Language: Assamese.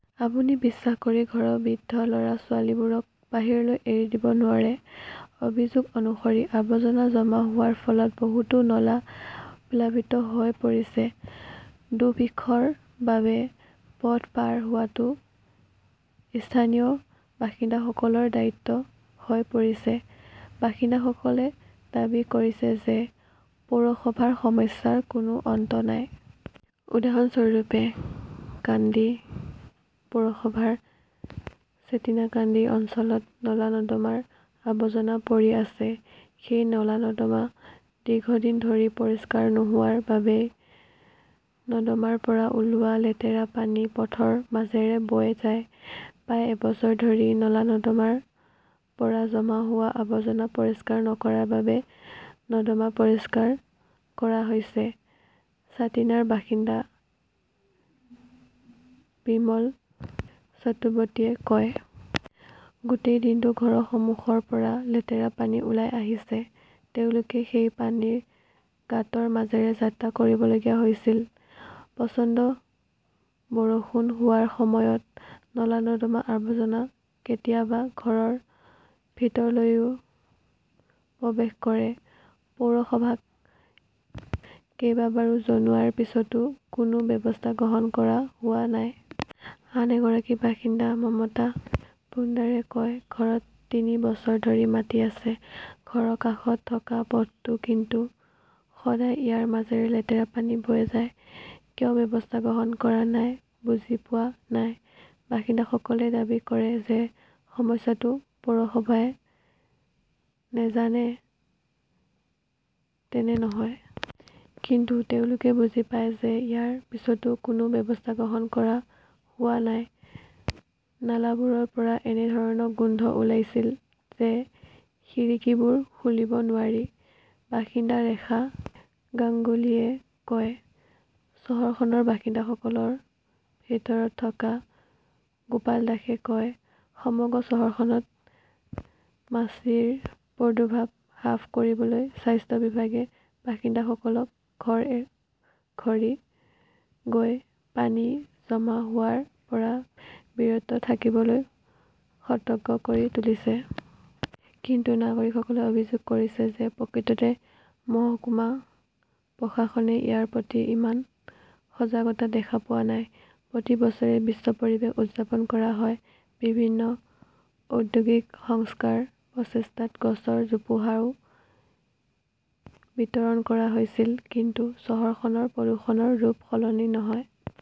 আপুনি বিশ্বাস কৰি ঘৰৰ বৃদ্ধ-ল "ৰা-ছোৱালীবোৰক বাহিৰলৈ এৰি দিব নোৱাৰে। অভিযোগ অনুসৰি, আৱৰ্জনা জমা হোৱাৰ ফলত বহুতো নলা প্লাবিত হৈ পৰিছে। দুৰ্ভিক্ষৰ বাবে পথ পাৰ হোৱাটো স্থানীয় বাসিন্দাসকলৰ দায়িত্ব হৈ পৰিছে। বাসিন্দাসকলে দাবী কৰিছে যে পৌৰসভাৰ সমস্যাৰ কোনো অন্ত নাই। উদাহৰণস্বৰূপে, কান্দি পৌৰসভাৰ চেটিনা-কান্দি অঞ্চলত নলা-নৰ্দমাৰ আৱৰ্জনা পৰি আছে। সেই নলা-নৰ্দমা দীৰ্ঘদিন ধৰি পৰিষ্কাৰ নোহোৱাৰ বাবেই নৰ্দমাৰ পৰা ওলোৱা লেতেৰা পানী পথৰ মাজেৰে বৈ যায়। প্ৰায় এবছৰ ধৰি নলা-নৰ্দমাৰ পৰা জমা হোৱা আৱৰ্জনা পৰিষ্কাৰ নকৰাৰ বাবেই নৰ্দমা পৰিষ্কাৰ কৰা হৈছে, ছাতিনাৰ বাসিন্দা বিমল চক্ৰৱৰ্তীয়ে কয়। গোটেই দিনটো ঘৰৰ সন্মুখৰ পৰা লেতেৰা পানী ওলাই আহিছে। তেওঁলোকে সেই পানীৰ গাঁতৰ মাজেৰে যাত্ৰা কৰিবলগীয়া হৈছিল। প্ৰচণ্ড বৰষুণ হোৱাৰ সময়ত নলা-নৰ্দমাৰ আৱৰ্জনা কেতিয়াবা ঘৰৰ ভিতৰলৈও প্ৰৱেশ কৰে। পৌৰসভাক কেইবাবাৰো জনোৱাৰ পিছতো কোনো ব্যৱস্থা গ্ৰহণ কৰা হোৱা নাই। আন এগৰাকী বাসিন্দা মমতা পোদ্দাৰে কয়, ঘৰত তিনি বছৰ ধৰি মাতি আছে। ঘৰৰ কাষত থকা পথটো কিন্তু সদায় ইয়াৰ মাজেৰে লেতেৰা পানী বৈ যায়। কিয় ব্যৱস্থা গ্ৰহণ কৰা নাই বুজি পোৱা নাই। বাসিন্দাসকলে দাবী কৰে যে ,সমস্যাটো পৌৰসভাই নাজানে তেনে নহয়। কিন্তু তেওঁলোকে বুজি পায় যে ইয়াৰ পিছতো কোনো ব্যৱস্থা গ্ৰহণ কৰা হোৱা নাই। নালাবোৰৰ পৰা এনে ধৰণৰ গোন্ধ ওলাইছিল যে খিৰিকীবোৰ খুলিব নোৱাৰি, বাসিন্দা ৰেখা গাংগুলীয়ে কয়। চহৰখনৰ বাসিন্দাসকলৰ ভিতৰত থকা গোপাল দাসে কয়, সমগ্ৰ চহৰখনত মাছিৰ প্ৰাদুৰ্ভাৱ হ্ৰাস কৰিবলৈ স্বাস্থ্য বিভাগে বাসিন্দাসকলক ঘৰ-ঘৰি গৈ পানী জমা হোৱাৰ পৰা বিৰত থাকিবলৈ সতৰ্ক কৰি তুলিছে। কিন্তু নাগৰিকসকলে অভিযোগ কৰিছে যে প্ৰকৃততে মহকুমা প্ৰশাসনে ইয়াৰ প্ৰতি ইমান সজাগতা দেখা পোৱা নাই। প্ৰতি বছৰে বিশ্ব পৰিৱেশ উদযাপন কৰা হয়। বিভিন্ন ঔদ্যোগিক সংস্থাৰ প্ৰচেষ্টাত গছৰ জোপোহাও বিতৰণ কৰা হৈছিল। কিন্তু চহৰখনৰ প্ৰদূষণৰ ৰূপ সলনি নহয়।